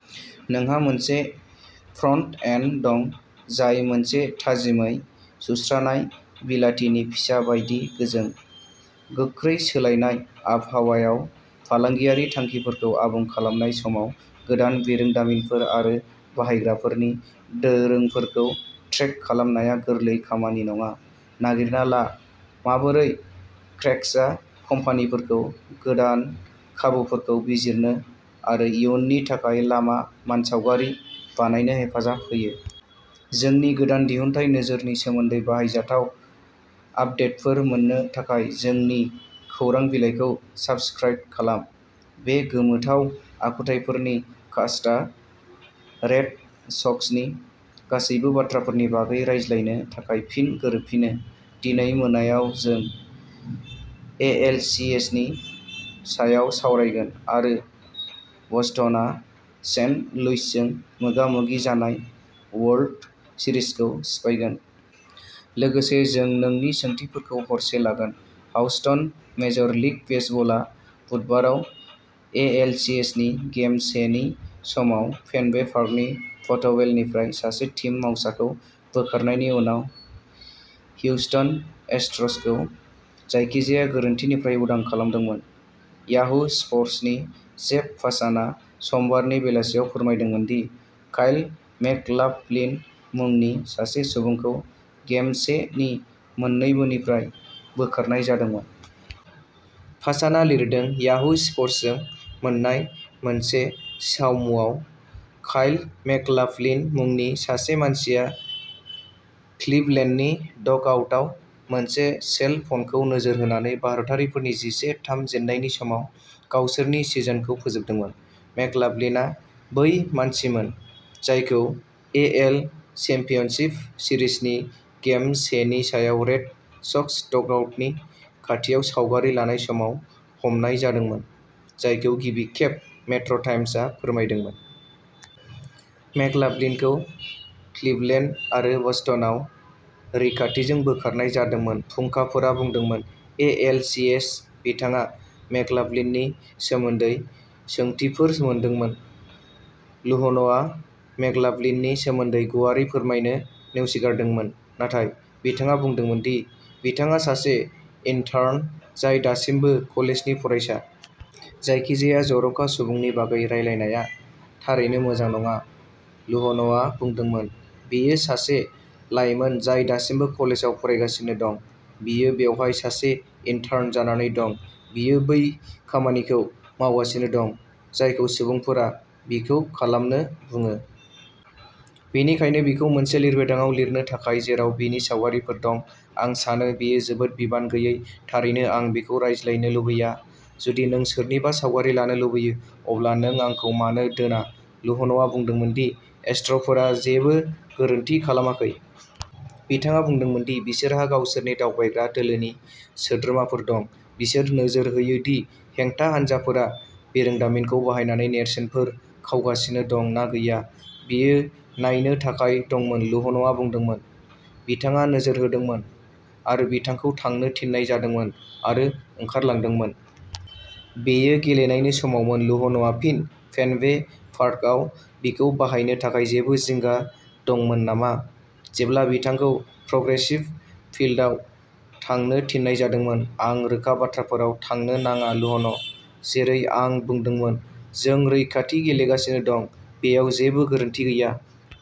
नोंहा मोनसे front end दं जाय मोनसे थाजिमै सुस्रानाय बिलाथिनि फिसा बायदि गोजों। गोख्रै सोलायनाय आबहावायाव फालांगियारि थांखिफोरखौ आबुं खालामनाय समाव गोदान बिरोंदामिनफोर आरो बाहायग्राफोरनि दोरोंफोरखौ ट्रेक खालामनाया गोरलै खामानि नङा। नागिरना ला माबोरै क्रेक्सआ कम्पानिफोरखौ गोदान खाबुफोरखौ बिजिरनो आरो इयुननि थाखाय लामा मानसावगारि बानायनो हेफाजाब होयो। जोंनि गोदान दिहुनथाइ नोजोरनि सोमोन्दै बाहायजाथाव आपदेटफोर मोन्नो थाखाय जोंनि खौरां बिलाइखौ साबस्क्राइब खालाम। बे गोमोथाव आखुथाइफोरनि कास्टआ रेड सक्सनि गासैबो बाथ्राफोरनि बागै रायज्लायनो थाखाय फिन गोरोबफिनो। दिनै मोनायाव जों एएलसीएसनि सायाव सावरायगोन आरो बस्टनआ सेन्ट लुइसजों मोगा मोगि जानाय वर्ल्ड सिरिजखौ सिफायगोन। लोगोसे जों नोंनि सोंथिफोरखौ हरसे लागोन हाउस्टन मेजर लीग बेसबलआ बुधबाराव एएलसीएसनि गेम से नि समाव फेनवे पार्कनि फट'वेलनिफ्राय सासे टीम मावसाखौ बोखारनायनि उनाव ह्यूस्टन एस्ट्र'सखौ जायखिजाया गोरोन्थिनिफ्राय उदां खालामदोंमोन। याहू स्पर्टसनि जेफ पासानआ समबारनि बेलासियाव फोरमायदोंमोन दि काइल मेकलाफलिन मुंनि सासे सुबुंखौ गेम से नि मोन्नैबोनिफ्राय बोखारनाय जादोंमोन। पासानआ लिरदों याहू स्प'र्ट्सजों मोन्नाय मोनसे सावमुआव काइल मेकलाफलिन मुंनि सासे मानसिया क्लिभलेन्डनि डगआउटआव मोनसे सेल फनखौ नोजोर होनानै भारतारिफोरनि जिसे/थाम जेननायनि समाव गावसोरनि सिजनखौ फोजोबदोंमोन। मेकलाफलिनआ बै मानसिमोन जायखौ एएल चेम्पियनशिप सिरिजनि गेम से नि समाव रेड सक्सनि डगआउटनि खाथियाव सावगारि लानाय समाव हमनाय जादोंमोन, जायखौ गिबि खेब मेट्र'टाइम्सआ फोरमायदोंमोन। मेकलाफलिनखौ क्लिभलेन्ड आरो बस्टनआव रैखाथिजों बोखारनाय जादोंमोन फुंखाफोरा बुंदोंमोन। ए. एल. सी. एस. बिथाङा मेकलाफलिननि सोमोन्दै सोंथिफोर मोनदोंमोन। लुहन'आ मेकलाफलिननि सोमोन्दै गुवारै फोरमायनो नेवसिगारदोंमोन नाथाय बिथाङा बुंदोंमोन दि बिथाङा सासे इन्टार्न जाय दासिमबो कलेजनि फरायसा। "जायखिजाया जर'खा सुबुंनि बागै रायलायनाया थारैनो मोजां नङा", लुहन'आ बुंदोंमोन। "बेयो सासे लाइमोन जाय दासिमबो कलेजाव फरायगासिनो दं। बियो बेवहाय सासे इन्टार्न जानानै दं। बियो बै खामानिखौ मावगासिनो दं जायखौ सुबुंफोरा बिखौ खालामनो बुङो। बेनिखायनो बिखौ मोनसे लिरबिदांआव लिरनो थाखाय जेराव बिनि सावगारिफोर दं, आं सानो बेयो जोबोद बिबान गैयै। थारैनो, आं बेखौ रायज्लायनो लुबैया। जुदि नों सोरनिबा सावगारि लानो लुबैयो, अब्ला नों आंखौ मानो दोना। लुह्न'आ बुंदोंमोन दि एस्ट्र'फोरा जेबो गोरोन्थि खालामाखै। बिथाङा बुंदोंमोन दि बिसोरहा गावसोरनि दावबायग्रा दोलोनि सोद्रोमाफोर दं, बिसोर नोजोर होयो दि हेंथा हानजाफोरा बिरोंदामिनखौ बाहायनानै नेरसोनफोर खावगासिनो दं ना गैया। बियो नायनो थाखाय दंमोन लुह्न'आ बुंदोंमोन। बिथाङा नोजोर होदोंमोन आरो बिथांखौ थांनो थिननाय जादोंमोन आरो ओंखारलांदोंमोन। बेयो गेलेनायनि समावमोन लुह्न'आ फिन फेनवे पार्कआव बिखौ बाहायनो थाखाय जेबो जिंगा दंमोन नामा, जेब्ला बिथांखौ प्रग्रेसिव फील्डआव थांनो थिननाय जादोंमोन? आं रोखा बाथ्राफोराव थांनो नाङा लुह्न'। जेरै आं बुंदोंमोन जों रैखाथि गेलेगासिनो दं बेयाव जेबो गोरोन्थि गैया।